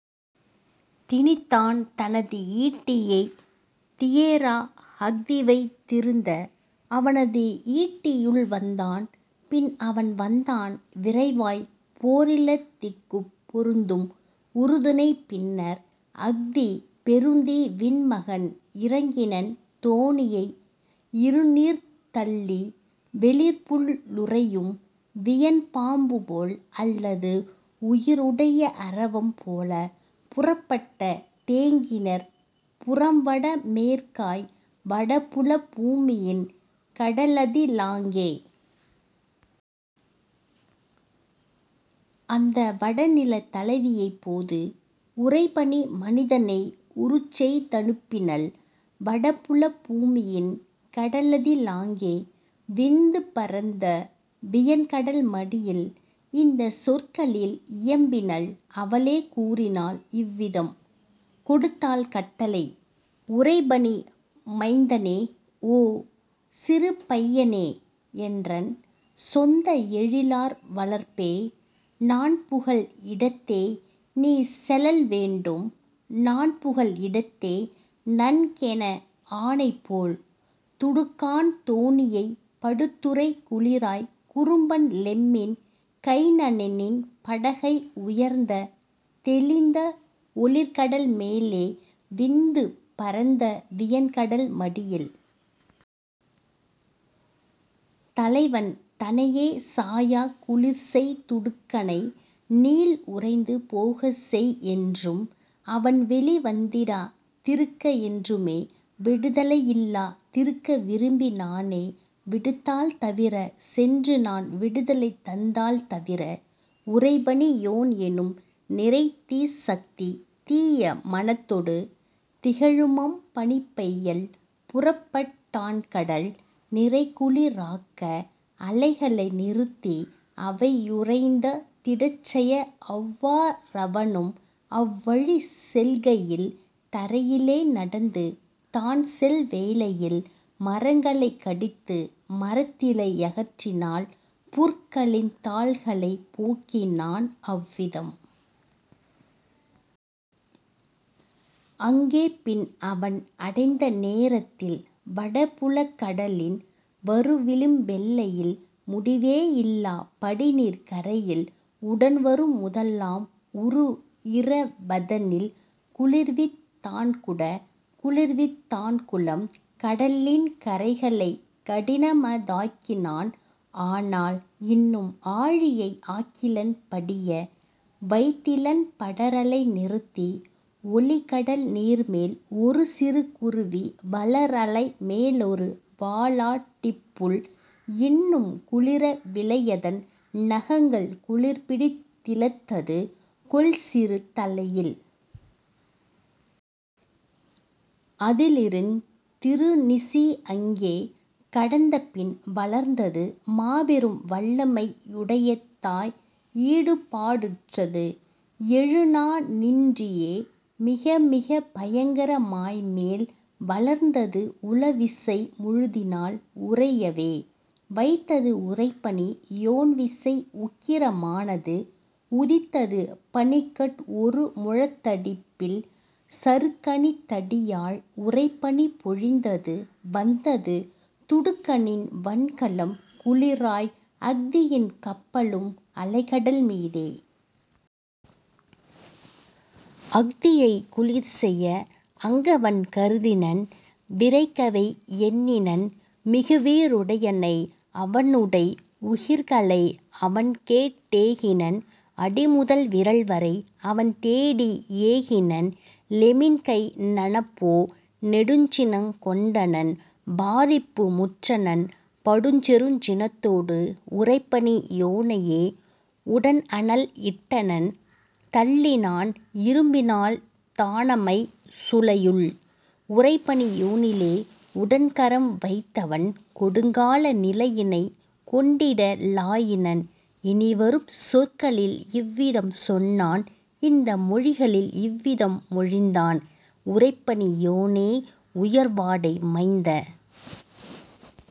திணித்தான் தனது ஈட்டியைத் தியேரா அஹ்திவைத் திருந்த அவனது ஈட்டியுள் வந்தான் பின்அவன் வந்தான் விரைவாய் போரிலஹ் திக்குப் பொருந்தும் உறுதுணை பின்னர் அஹ்தி பெருந்தீ வின்மகன் இறக்கினன் தோணியை இரும்நீர்த் தள்ளி। வெளிர்புல் லுறையும் வியன் பாம்புபோல் அல்லது உயிருடை அரவம் போல புறப்பட் டேகினர் புறம்வட மேற்காய் வடபுலப் பூமியின் கடலதி லாங்கே. அந்த வடநிலத் தலைவியைப் போது உறைபனி மனிதனை உருச்செய் தனுப்பினள் வடபுலப் பூமியின் கடலதி லாங்கே விந்து பரந்த வியன்கடல் மடியில்; இந்தச் சொற்களில் இயம்பினள் அவளே கூறினாள் இவ்விதம் கொடுத்தாள் கட்டளை: "உறைபனி மைந்தனே ஓ, சிறு பையனே! என்றன் சொந்த எழிலார் வளர்ப்பே! நான்புகல் இடத்தே நீசெலல் வேண்டும் நான்புகல் இடத்தே நன்கென் ஆணைபோல்: துடுக்கான் தோணியைப் படுத்துறை குளிராய் குறும்பன் லெம்மின் கைனனின் படகை உயர்ந்த தெளிந்த ஒளிர்கடல் மேலே விந்து பரந்த வியன்கடல் மடியில்! தலைவன் தனையே சாயாய்க் குளிர்செய் துடுக்கனை நீல் உறைந்து போகச்செய் என்றும் அவன்வெளி வந்திடா திருக்க என்றுமே விடுதலை யில்லா திருக்க விரும்பி நானே விடுத்தால் தவிர சென்றுநான் விடுதலை தந்தால் தவிர! " உறைபனி யோன்எனும் நிறைதீச் சக்தி தீய மனத்தொடு திகழுமப் பனிப்பையல் புறப்பட் டான்கடல் நிறைகுளி ராக்க அலைகளை நிறுத்தி அவையுறைந் திடச்செய; அவ்வா றவனும் அவ்வழி செல்கையில் தரையிலே நடந்து தான்செல் வேளையில் மரங்களைக் கடித்து மரத்திலை யகற்றினான் புற்களின் தாள்களைப் போக்கினான் அவ்விதம். அங்கே பின்அவன் அடைந்தநே ரத்தில் வடபுலக் கடலின் வருவிளிம் பெல்லையில் முடிவே யில்லாப் படிநீர்க் கரையில் உடன்வரு முதலாம் உறுஇர வதனில் குளிர்வித் தான்குடா, குளிர்வித் தான்குளம், கடலின் கரைகளைக் கடினம தாக்கினான் ஆனால் இன்னும் ஆழியை ஆக்கிலன் படிய வைத்திலன் படரலை நிறுத்தி; ஒலிகடல் நீர்மேல் ஒருசிறு குருவி வளர்அலை மேலொரு வாலாட் டிப்புள் இன்னும் குளிர விலையதன் நகங்கள் குளிர்பிடித் திலதது கொள்சிறு தலையில். அதிலிருந் திருநிசி அங்கே கடந்தபின் வளர்ந்தது மாபெரும் வல்லமை யுடையதாய் ஈடுபா டுற்றது எழு நா ணின்றியே மிகமிகப் பயங்கர மாய்மேல் வளர்ந்தது உள விசை முழுதினால் உறையவே வைத்தது உறைபனி யோன்விசை உக்கிர மானது உதித்தது பனிக்கட் ஒருமுழத் தடிப்பில் சறுக்கணித் தடியாழ் உறைபனி பொழிந்தது வந்தது துடுக்கனின் வன்கலம் குளிராய் அஹ்தியின் கப்பலும் அலைகடல் மீதே. அஹ்தியைக் குளிர்செய அங்கவன் கருதினன் விறைக்கவைக் எண்ணினன் மிகுவீ றுடையனை அவனுடை உகிர்களை அவன்கேட் டேகினன் அடிமுதல் விரல்வரை அவன்தேடி யேகினன்; லெமின்கைன னப்போ நெடுஞ்சினங் கொண்டனன் பாதிப்பு முற்றனன் படுபெருஞ் சினத்தொடே உறைபனி யோனையே உடன்அனல் இட்டனன் தள்ளினான் இரும்பினால் தானமை சூளையுள். உறைபனி யோனிலே உடன்கரம் வைத்தவன் கொடுங்கால நிலையினை கொண்டிட லாயினன் இனிவரும் சொற்களில் இவ்விதம் சொன்னான் இந்த மொழிகளில் இவ்விதம் மொழிந்தான்: "உறைபனி யோனே, உயர்வாடை மைந்த!